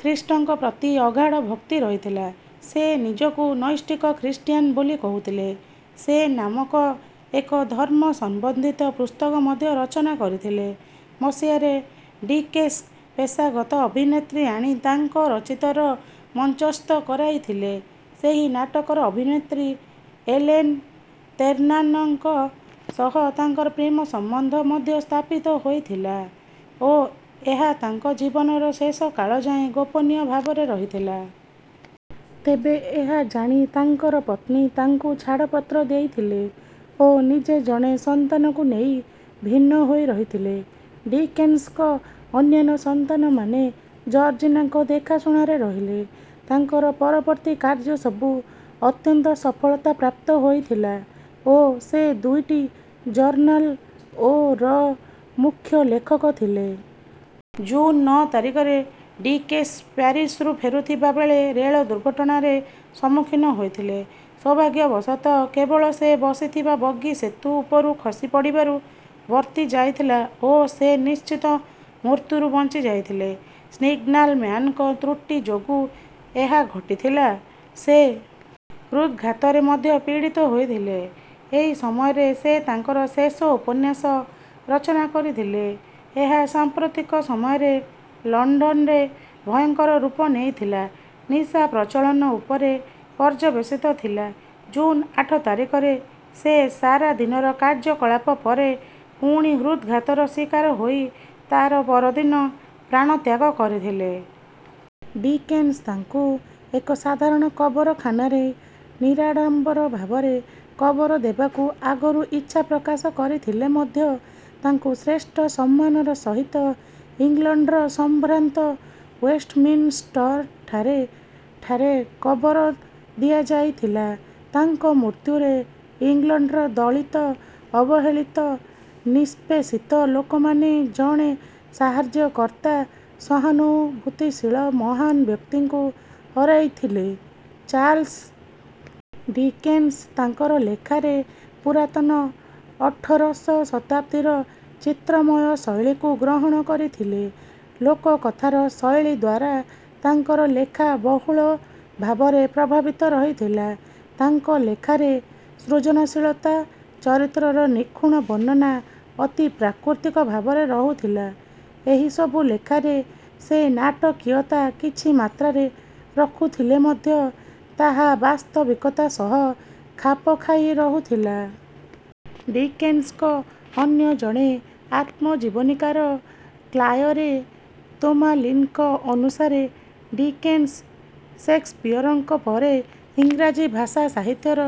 ଖ୍ରୀଷ୍ଟଙ୍କ ପ୍ରତି ଅଗାଢ଼ ଭକ୍ତି ରହିଥିଲା। ସେ ନିଜକୁ ନୈଷ୍ଠିକ ଖ୍ରୀଷ୍ଟିୟାନ୍ ବୋଲି କହୁଥିଲେ। ସେ ନାମକ ଏକ ଧର୍ମ ସମ୍ବନ୍ଧିତ ପୁସ୍ତକ ମଧ୍ୟ ରଚନା କରିଥିଲେ। ମସିହାରେ ଡିକେନ୍ସ ପେଶାଗତ ଅଭିନେତ୍ରୀ ଆଣି ତାଙ୍କ ରଚିତ ର ମଞ୍ଚସ୍ଥ କରାଇଥିଲେ। ସେହି ନାଟକର ଅଭିନେତ୍ରୀ ଏଲେନ୍ ତେର୍ନାନଙ୍କ ସହ ତାଙ୍କର ପ୍ରେମ ସମ୍ବନ୍ଧ ମଧ୍ୟ ସ୍ଥାପିତ ହୋଇଥିଲା ଓ ଏହା ତାଙ୍କ ଜୀବନର ଶେଷ କାଳ ଯାଏ ଗୋପନୀୟ ଭାବରେ ରହିଥିଲା। ତେବେ ଏହା ଜାଣି ତାଙ୍କର ପତ୍ନୀ ତାଙ୍କୁ ଛାଡ଼ପତ୍ର ଦେଇଥିଲେ ଓ ନିଜେ ଜଣେ ସନ୍ତାନକୁ ନେଇ ଭିନ୍ନ ହୋଇ ରହିଥିଲେ। ଡିକେନ୍ସଙ୍କ ଅନ୍ୟାନ୍ୟ ସନ୍ତାନମାନେ ଜର୍ଜିନାଙ୍କ ଦେଖାଶୁଣାରେ ରହିଲେ। ତାଙ୍କର ପରବର୍ତ୍ତୀ କାର୍ଯ୍ୟ ସବୁ ଅତ୍ୟନ୍ତ ସଫଳତା ପ୍ରାପ୍ତ ହୋଇଥିଲା ଓ ସେ ଦୁଇଟି ଜର୍ନାଲ ଓ ର ମୁଖ୍ୟ ଲେଖକ ଥିଲେ। ଜୁନ୍ ନଅ ତାରିଖରେ ଡିକେନ୍ସ ପ୍ୟାରିସ୍‌ରୁ ଫେରୁଥିବା ବେଳେ ରେଳ ଦୁର୍ଘଟଣାର ସମ୍ମୁଖୀନ ହୋଇଥିଲେ। ସୌଭାଗ୍ୟବଶତଃ, କେବଳ ସେ ବସିଥିବା ବଗି ସେତୁ ଉପରୁ ଖସି ପଡ଼ିବାରୁ ବର୍ତ୍ତି ଯାଇଥିଲା ଓ ସେ ନିଶ୍ଚିତ ମୃତ୍ୟୁରୁ ବଞ୍ଚିଯାଇଥିଲେ। ସିଗ୍ନାଲ୍ ମ୍ୟାନ୍‌ଙ୍କ ତ୍ରୁଟି ଯୋଗୁଁ ଏହା ଘଟିଥିଲା। ସେ ହୃଦ୍‌ଘାତରେ ମଧ୍ୟ ପୀଡ଼ିତ ହୋଇଥିଲେ। ଏହି ସମୟରେ ସେ ତାଙ୍କର ଶେଷ ଉପନ୍ୟାସ ରଚନା କରିଥିଲେ। ଏହା ସାମ୍ପ୍ରତିକ ସମୟରେ ଇଂଲଣ୍ଡରେ ଭୟଙ୍କର ରୂପ ନେଇଥିବା ନିଶା ପ୍ରଚଳନ ଉପରେ ପର୍ଯ୍ୟବସିତ ଥିଲା। ଜୁନ୍ ଆଠ ତାରିଖରେ ସେ ସାରା ଦିନର କାର୍ଯ୍ୟକଳାପ ପରେ ପୁଣି ହୃଦ୍‌ଘାତର ଶିକାର ହୋଇ ତାହାର ପରଦିନ ପ୍ରାଣତ୍ୟାଗ କରିଥିଲେ। ଡିକେନ୍ସ ତାଙ୍କୁ ଏକ ସାଧାରଣ କବରଖାନାରେ ନିରାଡ଼ମ୍ବର ଭାବରେ କବର ଦେବାକୁ ଆଗରୁ ଇଚ୍ଛା ପ୍ରକାଶ କରିଥିଲେ ମଧ୍ୟ ତାଙ୍କୁ ଶ୍ରେଷ୍ଠ ସମ୍ମାନର ସହିତ ଇଂଲଣ୍ଡର ସମ୍ଭ୍ରାନ୍ତ ୱେଷ୍ଟମିନ୍‌ଷ୍ଟରଠାରେ ଠାରେ କବର ଦିଆଯାଇଥିଲା। ତାଙ୍କ ମୃତ୍ୟୁରେ ଇଂଲଣ୍ଡର ଦଳିତ, ଅବହେଳିତ, ନିଷ୍ପେଷିତ ଲୋକମାନେ ଜଣେ ସାହାଯ୍ୟକର୍ତ୍ତା, ସହାନୁଭୂତିଶୀଳ ମହାନ ବ୍ୟକ୍ତିଙ୍କୁ ହରାଇଥିଲେ। ଚାର୍ଲସ୍ ଡିକେନ୍ସ ତାଙ୍କର ଲେଖାରେ ପୁରାତନ ଅଠରଶ ଶତାବ୍ଦୀର ଚିତ୍ରମୟ ଶୈଳୀକୁ ଗ୍ରହଣ କରିଥିଲେ। ଲୋକକଥାର ଶୈଳୀ ଦ୍ୱାରା ତାଙ୍କର ଲେଖା ବହୁଳ ଭାବରେ ପ୍ରଭାବିତ ରହିଥିଲା। ତାଙ୍କ ଲେଖାରେ ସୃଜନଶୀଳତା, ଚରିତ୍ରର ନିଖୁଣ ବର୍ଣ୍ଣନା ଅତି ପ୍ରାକୃତିକ ଭାବରେ ରହୁଥିଲା। ଏହିସବୁ ଲେଖାରେ ସେ ନାଟକୀୟତା କିଛି ମାତ୍ରାରେ ରଖୁଥିଲେ ମଧ୍ୟ ତାହା ବାସ୍ତବିକତା ସହ ଖାପ ଖାଇ ରହୁଥିଲା। ଡିକେନ୍ସଙ୍କ ଅନ୍ୟ ଜଣେ ଆତ୍ମଜୀବନୀକାର କ୍ଲାୟରେ ତୋମାଲିନ୍ ଙ୍କ ଅନୁସାରେ ଡିକେନ୍ସ ଷେକ୍ସପିୟରଙ୍କ ପରେ ଇଂରାଜୀ ଭାଷା ସାହିତ୍ୟର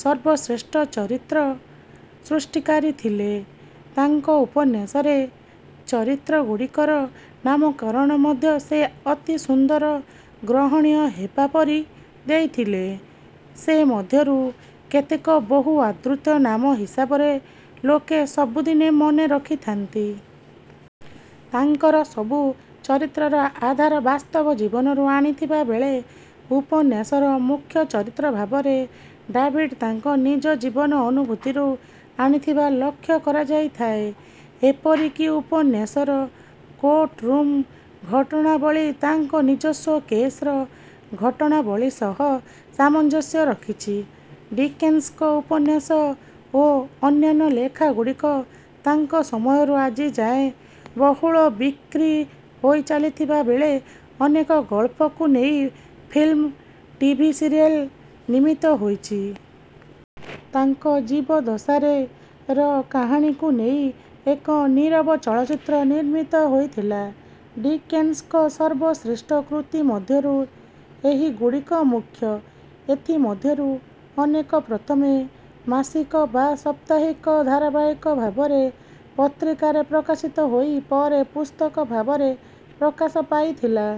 ସର୍ବଶ୍ରେଷ୍ଠ ଚରିତ୍ର ସୃଷ୍ଟିକାରୀ ଥିଲେ। ତାଙ୍କ ଉପନ୍ୟାସରେ ଚରିତ୍ରଗୁଡ଼ିକର ନାମକରଣ ମଧ୍ୟ ସେ ଅତି ସୁନ୍ଦର, ଗ୍ରହଣୀୟ ହେବା ପରି ଦେଇଥିଲେ। ସେମଧ୍ୟରୁ କେତେକ ବହୁ ଆଦୃତ ନାମ ହିସାବରେ ଲୋକେ ସବୁଦିନେ ମନେ ରଖିଥାନ୍ତି। ତାଙ୍କର ସବୁ ଚରିତ୍ରର ଆଧାର ବାସ୍ତବ ଜୀବନରୁ ଆଣିଥିବା ବେଳେ ଉପନ୍ୟାସର ମୁଖ୍ୟ ଚରିତ୍ର ଭାବରେ ଡାଭିଡ୍ ତାଙ୍କ ନିଜ ଜୀବନ ଅନୁଭୂତିରୁ ଆଣିଥିବା ଲକ୍ଷ୍ୟ କରାଯାଇଥାଏ। ଏପରିକି ଉପନ୍ୟାସର କୋର୍ଟରୁମ୍ ଘଟଣାବଳୀ ତାଙ୍କ ନିଜସ୍ୱ କେସ୍‌ର ଘଟଣାବଳୀ ସହ ସାମଞ୍ଜସ୍ୟ ରଖିଛି। ଡିକେନ୍ସଙ୍କ ଉପନ୍ୟାସ ଓ ଅନ୍ୟାନ୍ୟ ଲେଖାଗୁଡ଼ିକ ତାଙ୍କ ସମୟରୁ ଆଜିଯାଏ ବହୁଳ ବିକ୍ରି ହୋଇଚାଲିଥିବା ବେଳେ ଅନେକ ଗଳ୍ପକୁ ନେଇ ଫିଲ୍ମ, ଟିଭି ସିରିଏଲ୍ ନିର୍ମିତ ହୋଇଛି। ତାଙ୍କ ଜୀବଦ୍ଦଶାରେ ର କାହାଣୀକୁ ନେଇ ଏକ ନୀରବ ଚଳଚ୍ଚିତ୍ର ନିର୍ମିତ ହୋଇଥିଲା। ଡିକେନ୍ସଙ୍କ ସର୍ବଶ୍ରେଷ୍ଠ କୃତି ମଧ୍ୟରୁ ଏହିଗୁଡ଼ିକ ମୁଖ୍ୟ। ଏଥିମଧ୍ୟରୁ ଅନେକ ପ୍ରଥମେ ମାସିକ ବା ସାପ୍ତାହିକ ଧାରାବାହିକ ଭାବରେ ପତ୍ରିକାରେ ପ୍ରକାଶିତ ହୋଇ ପରେ ପୁସ୍ତକ ଭାବରେ ପ୍ରକାଶ ପାଇଥିଲା।